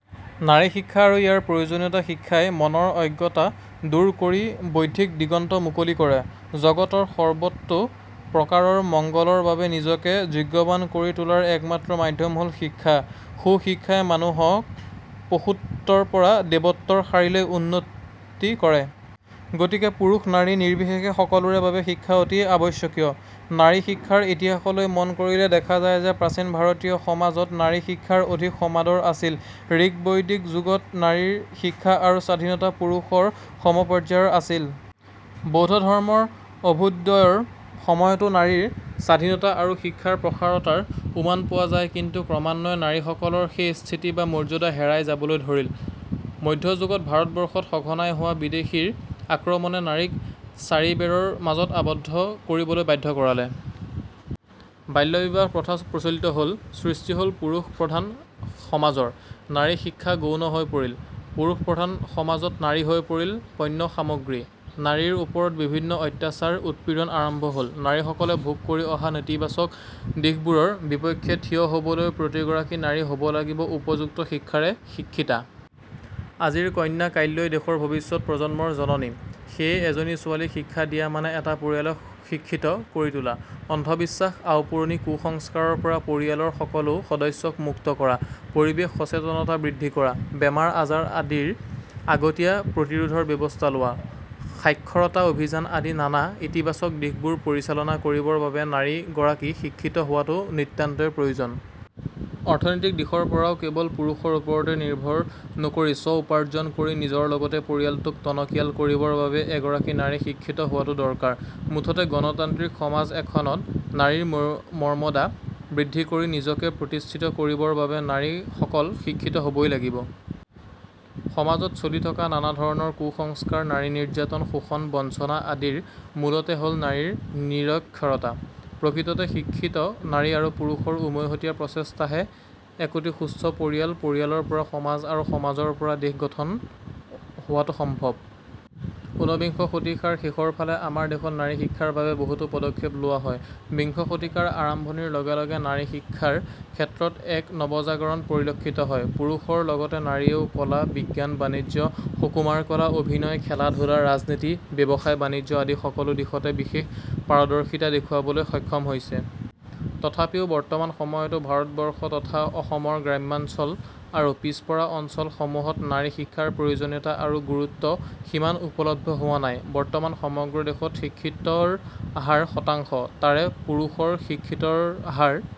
নাৰী শিক্ষা আৰু ইয়াৰ প্ৰয়োজনীয়তা শিক্ষাই মনৰ অজ্ঞতা দূৰ কৰি বৌদ্ধিক দিগন্ত মুকলি কৰে, জগতৰ সৰ্বতো প্ৰকাৰৰ মংগলৰ বাবে নিজকে যোগ্যবান কৰি তোলাৰ একমাত্ৰ মাধ্যম হ'ল শিক্ষা। সু শিক্ষাই মানুহক পশুত্বৰ পৰা দেৱত্বৰ শাৰীলৈ উন্নীত কৰে। গতিকে পুৰুষ-নাৰী নিৰ্বিশেষে সকলোৰে বাবে শিক্ষা অতি আৱশ্যকীয়। নাৰী শিক্ষাৰ ইতিহাসলৈ মন কৰিলে দেখা যায় প্ৰাচীন ভাৰতীয় সমাজত নাৰী শিক্ষাৰ অধিক সমাদৰ আছিল। ঋক্ বৈদিক যুগত নাৰীৰ শিক্ষা আৰু স্বাধীনতা পুৰুষৰ সমপৰ্যায়ৰ আছিল। বৌদ্ধ ধৰ্মৰ অভ্যুদয়ৰ সময়তো নাৰীৰ স্বাধীনতা আৰু শিক্ষাৰ প্ৰসাৰতাৰ উমান পোৱা যায়। কিন্তু ক্ৰমান্বয়ে নাৰীসকলৰ সেই স্থিতি বা মৰ্যদা হেৰাই যাবলৈ ধৰিল। মধ্য যুগত ভাৰতবৰ্ষত সঘনাই হোৱা বিদেশীৰ আক্ৰমণে নাৰীক চাৰিবেৰৰ মাজত আবদ্ধ কৰিবলৈ বাধ্য কৰালে। বাল্যবিবাহ প্ৰথা প্ৰচলিত হ'ল। সৃষ্টি হল পুৰুষ প্ৰধান সমাজৰ। নাৰী শিক্ষা গৌণ হৈ পৰিল। পুৰুষ প্ৰধান সমাজত নাৰী হৈ পৰিল পণ্য সামগ্ৰী। নাৰীৰ ওপৰত বিভিন্ন অত্যাচাৰ উৎপীড়ন আৰম্ভ হল। নাৰীসকলে ভোগ কৰি অহা নেতিবাচক দিশবোৰৰ বিপক্ষে থিয় হ 'বলৈ প্ৰতিগৰাকী নাৰী হব লাগিব উপযুক্ত শিক্ষাৰে শিক্ষিতা। আজিৰ কন্যা কাইলৈ দেশৰ ভৱিষ্যৎ প্ৰজন্মৰ জননী। সেয়ে এজনী ছোৱালীক শিক্ষা দিয়া মানে এটা পৰিয়ালক শিক্ষিত কৰি তোলা। অন্ধ-বিশ্বাস, আওপুৰণি কু-সংস্কাৰৰ পৰা পৰিয়ালৰ সকলো সদস্যক মুক্ত কৰা, পৰিৱেশ সচেতনতা বৃদ্ধি কৰা, বেমাৰ-আজাৰ আদিৰ আগতীয়া প্ৰতিৰোধৰ ব্যৱস্থা লোৱা, সাক্ষৰতা অভিযান আদি নানা ইতিবাচক দিশবোৰ পৰিচালনা কৰিবৰ বাবে নাৰী গৰাকী শিক্ষিত হোৱাটো নিতান্তই প্ৰয়োজন। অৰ্থনৈতিক দিশৰ পৰাও কেৱল পুৰুষৰ ওপৰতে নিৰ্ভৰ নকৰি স্ব-উপাৰ্জন কৰি নিজৰ লগতে পৰিয়ালটোক টনকিয়াল কৰিবৰ বাবে এগৰাকী নাৰী শিক্ষিত হোৱাটো দৰকাৰ। মুঠতে গণতান্ত্ৰিক সমাজ এখনত নাৰীৰ মৰ্মদা বৃদ্ধি কৰি, নিজকে প্ৰতিষ্ঠিত কৰিবৰ বাবে নাৰী সকল শিক্ষিত হবই লাগিব। সমাজত চলি থকা নানা ধৰণৰ কু-সংস্কাৰ, নাৰী নিৰ্যাতন, শোষণ, বঞ্চনা আদিৰ মূলতে হল নাৰীৰ নিৰক্ষৰতা। প্ৰকৃততে শিক্ষিত নাৰী আৰু পুৰুষৰ উমৈহতীয়া প্ৰচেষ্টাতহে একোটি সুস্থ পৰিয়াল, পৰিয়ালৰ পৰা সমাজ আৰু সমাজৰ পৰা দেশ গঠন হোৱাটো সম্ভব। ঊনবিংশ শতিকাৰ শেষৰফালে আমাৰ দেশত নাৰী শিক্ষাৰ বাবে বহুতো পদক্ষেপ লোৱা হয়। বিংশ শতিকাৰ আৰম্ভণিৰ লগে লগে নাৰী শিক্ষাৰ ক্ষেত্ৰত এক নৱজাগৰণ পৰিলক্ষিত হয়। পুৰুষৰ লগতে নাৰীয়েও কলা, বিজ্ঞান, বাণিজ্য, সুকুমাৰ কলা, অভিনয়, খেলা-ধূলা, ৰাজনীতি, ব্যৱসায়-বাণিজ্য আদি সকলো দিশতে বিশেষ পাৰদৰ্শিতা দেখুৱাবলৈ সক্ষম হৈছে। তথাপিও বৰ্তমান সময়তো ভাৰতবৰ্ষ তথা অসমৰ গ্ৰামাঞ্চল আৰু পিছপৰা অঞ্চল সমূহত নাৰী শিক্ষাৰ প্ৰয়োজনীয়তা আৰু গুৰুত্ব সিমান উপলব্ধ হোৱা নাই। বৰ্তমান সমগ্ৰ দেশত শিক্ষিতৰ হাৰ শতাংশ। তাৰে পুৰুষৰ শিক্ষিতৰ হাৰ